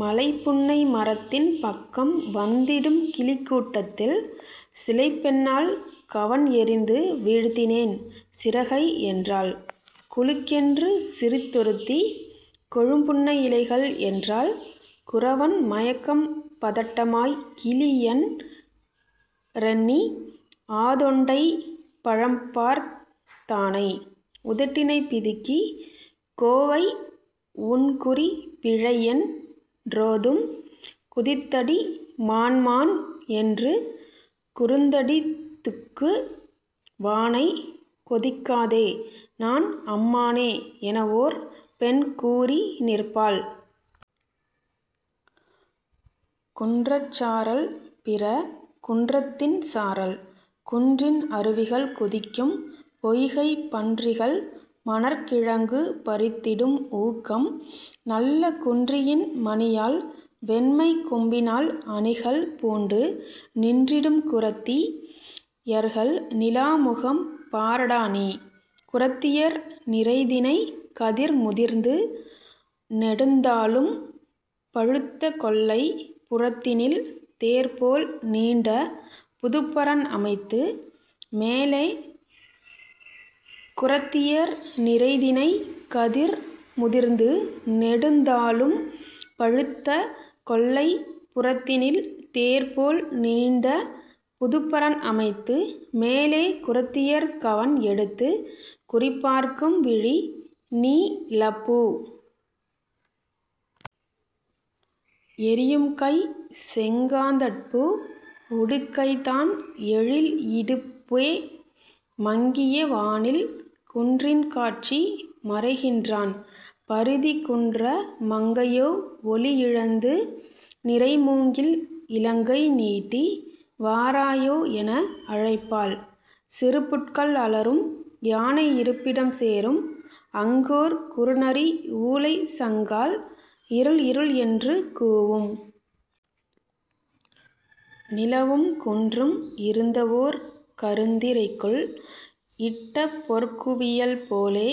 மலைப்புன்னை மரத்தின் பக்கம் வந்திடும் கிளிக்கூட் டத்தில், சிலைப்பெண்ணாள் கவண் எறிந்து, வீழ்த்தினேன் சிறகை என்றாள். குலுக்கென்று சிரித்தொ ருத்தி "கொழும்புன்னை இலைகள்" என்றாள்! குறவன் மயக்கம் பதட்டமாய்க் கிளிஎன் றெண்ணி ஆதொண்டைப் பழம்பார்த் தானை உதட்டினைப் பிதுக்கிக் "கோவை" உன்குறி பிழைஎன் றோதும்! குதித்தடி மான்மான் என்று குறுந்தடி துக்கு வானைக் கொதிக்காதே நான் அம்மானே எனஓர் பெண் கூறி நிற்பாள்! குன்றச் சாரல், பிற குன்றத்தின் "சாரல்", குன்றின் அருவிகள் குதிக்கும் "பொய்கை" பன்றிகள் மணற்கி ழங்கு பறித்திடும் "ஊக்கம்" நல்ல குன்றியின் மணியால், வெண்மைக் கொம்பினால் அணிகள் பூண்டு நின்றிடும் குறத்தி யர்கள் "நிலாமுகம்" பாரடா நீ! குறத்தியர் "நிறைதினைக் கதிர்" முதிர்ந்து நெடுந்தாளும் பழுத்த கொல்லைப் புறத்தினில் தேர் போல் நீண்ட புதுப்பரண் அமைத்து, மேலே குறத்தியர் கவண் எடுத்துக் குறிப்பார்க்கும் விழி, நீ லப்பூ! எறியும்கை, செங்காந் தட்பூ! உடுக்கைதான் எழில்இ டுப்பே! மங்கிய வானில் குன்றின் காட்சி மறைகின்றான் பரிதி; குன்ற மங்கையோ ஒளியிழந்து, நிறைமூங்கில் இளங்கை நீட்டி வாராயோ எனஅ ழைப்பாள்! சிறுபுட்கள் அலறும்! யானை இருப்பிடம் சேரும்! அங்கோர் குறுநரி ஊளைச் சங்கால் இருள் இருள் என்று கூவும்! நிலவும் குன்றும் இருந்தஓர் கருந்தி ரைக்குள் இட்டபொற் குவியல் போலே,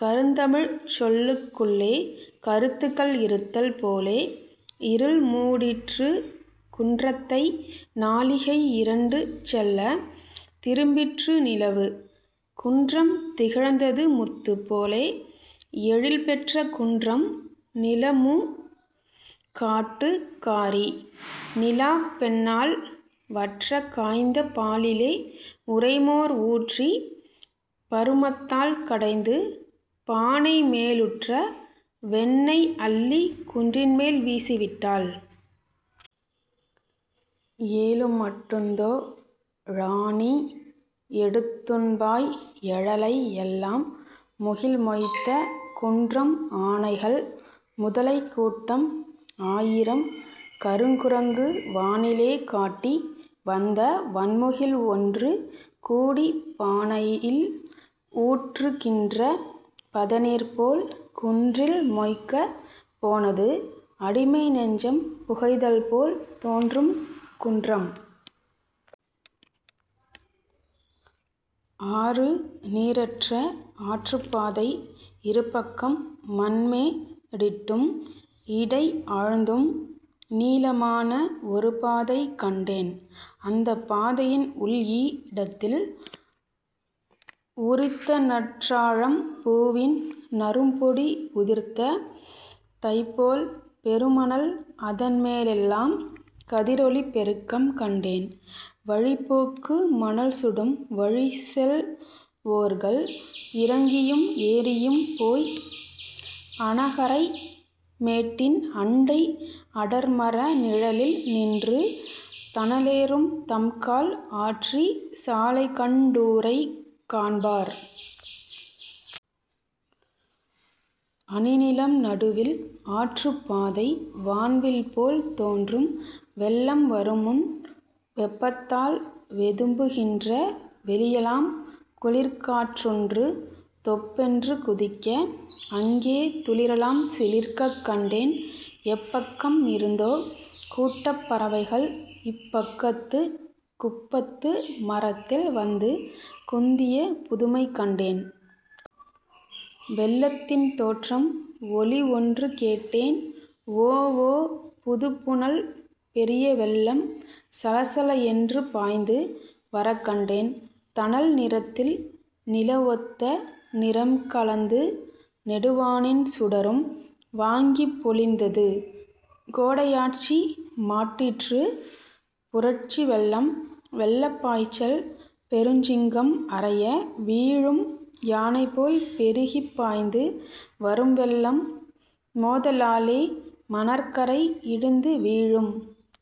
கருந்தமிழ்ச் சொல்லுக் குள்ளே கருத்துக்கள் இருத்தல் போலே இருள்மூடிற் றுக்குன் றத்தை! நாழிகை இரண்டு செல்லத் திரும்பிற்று நிலவு; குன்றம் திகழ்ந்தது முத்துப் போலே! எழில் பெற்ற குன்றம் நீலமுக் காட்டுக் காரி நிலாப்பெண்ணாள், வற்றக் காய்ந்த பாலிலே உறைமோர் ஊற்றிப் பருமத்தால் கடைந்து, பானை மேலுற்ற வெண்ணெய் அள்ளிக் குன்றின்மேல் வீசி விட்டாள்! ஏலுமட் டுந்தோ ழாநீ எடுத்துண்பாய் எழலை எல்லாம்! முகில் மொய்த்த குன்றம் ஆனைகள், முதலைக் கூட்டம், ஆயிரம் கருங்கு ரங்கு, வானிலே காட்டி வந்த வண்முகில் ஒன்று கூடிப் பானயில் ஊற்று கின்ற பதநீர்போல் குன்றில் மொய்க்கப் போனது. அடிமை நெஞ்சம் புகைதல்போல் தோன்றும் குன்றம்!. ஆறு நீரற்ற ஆற்றுப்பாதை இருபக்கம் மண்மே டிட்டும், இடைஆழ்ந்தும், நீள மான ஒருபாதை கண்டேன், அந்தப் பாதையின் உள்இ டத்தில் உரித்தநற் றாழம் பூவின் நறும்பொடி உதிர்த்த தைப்போல் பெருமணல், அதன்மே லெல்லாம் கதிரொளிப் பெருக்கம், கண்டேன்! வழிப் போக்கு மணல்சுடும்; வழிச்செல் வோர்கள், இறங்கியும் ஏறியும் போய் அணகரை மேட்டின் அண்டை அடர்மர நிழலில் நின்று தணலேறும் தம்கால் ஆற்றிச் சாலைகண் டூரைக் காண்பார். அணிநிலம் நடுவில் ஆற்றுப் பாதை "வான்வில்" போல் தோன்றும். வெள்ளம் வருமுன் வெப்பத்தால் வெதும்பு கின்ற வெளியெலாம் குளிர்காற் றொன்று தொப்பென்று குதிக்க, அங்கே துளிரெலாம் சிலிர்க்கக் கண்டேன். எப்பக்கம் இருந்தோ கூட்டப் பறவைகள் இப்பக் கத்துக் குப்பத்து மரத்தில் வந்து குந்திய புதுமை கண்டேன். வெள்ளத்தின் தோற்றம் ஒலிஒன்று கேட்டேன். ஓஓ புதுப்புனல்! பெரிய வெள்ளம், சலசல என்று பாய்ந்து வரக்கண்டேன் தணல் நிறத்தில் நிலவொத்த நிறம்க லந்து நெடுவானின் சுடரும் வாங்கிப் பொலிந்தது! கோடை யாட்சி மாற்றிற்றுப் புரட்சி வெள்ளம். வெள்ளப் பாய்ச்சல் பெருஞ்சிங்கம் அரைய வீழும் யானைபோல் பெருகிப் பாய்ந்து வரும்வெள்ளம், மோத லாலே மணற்கரை இடிந்து வீழும்!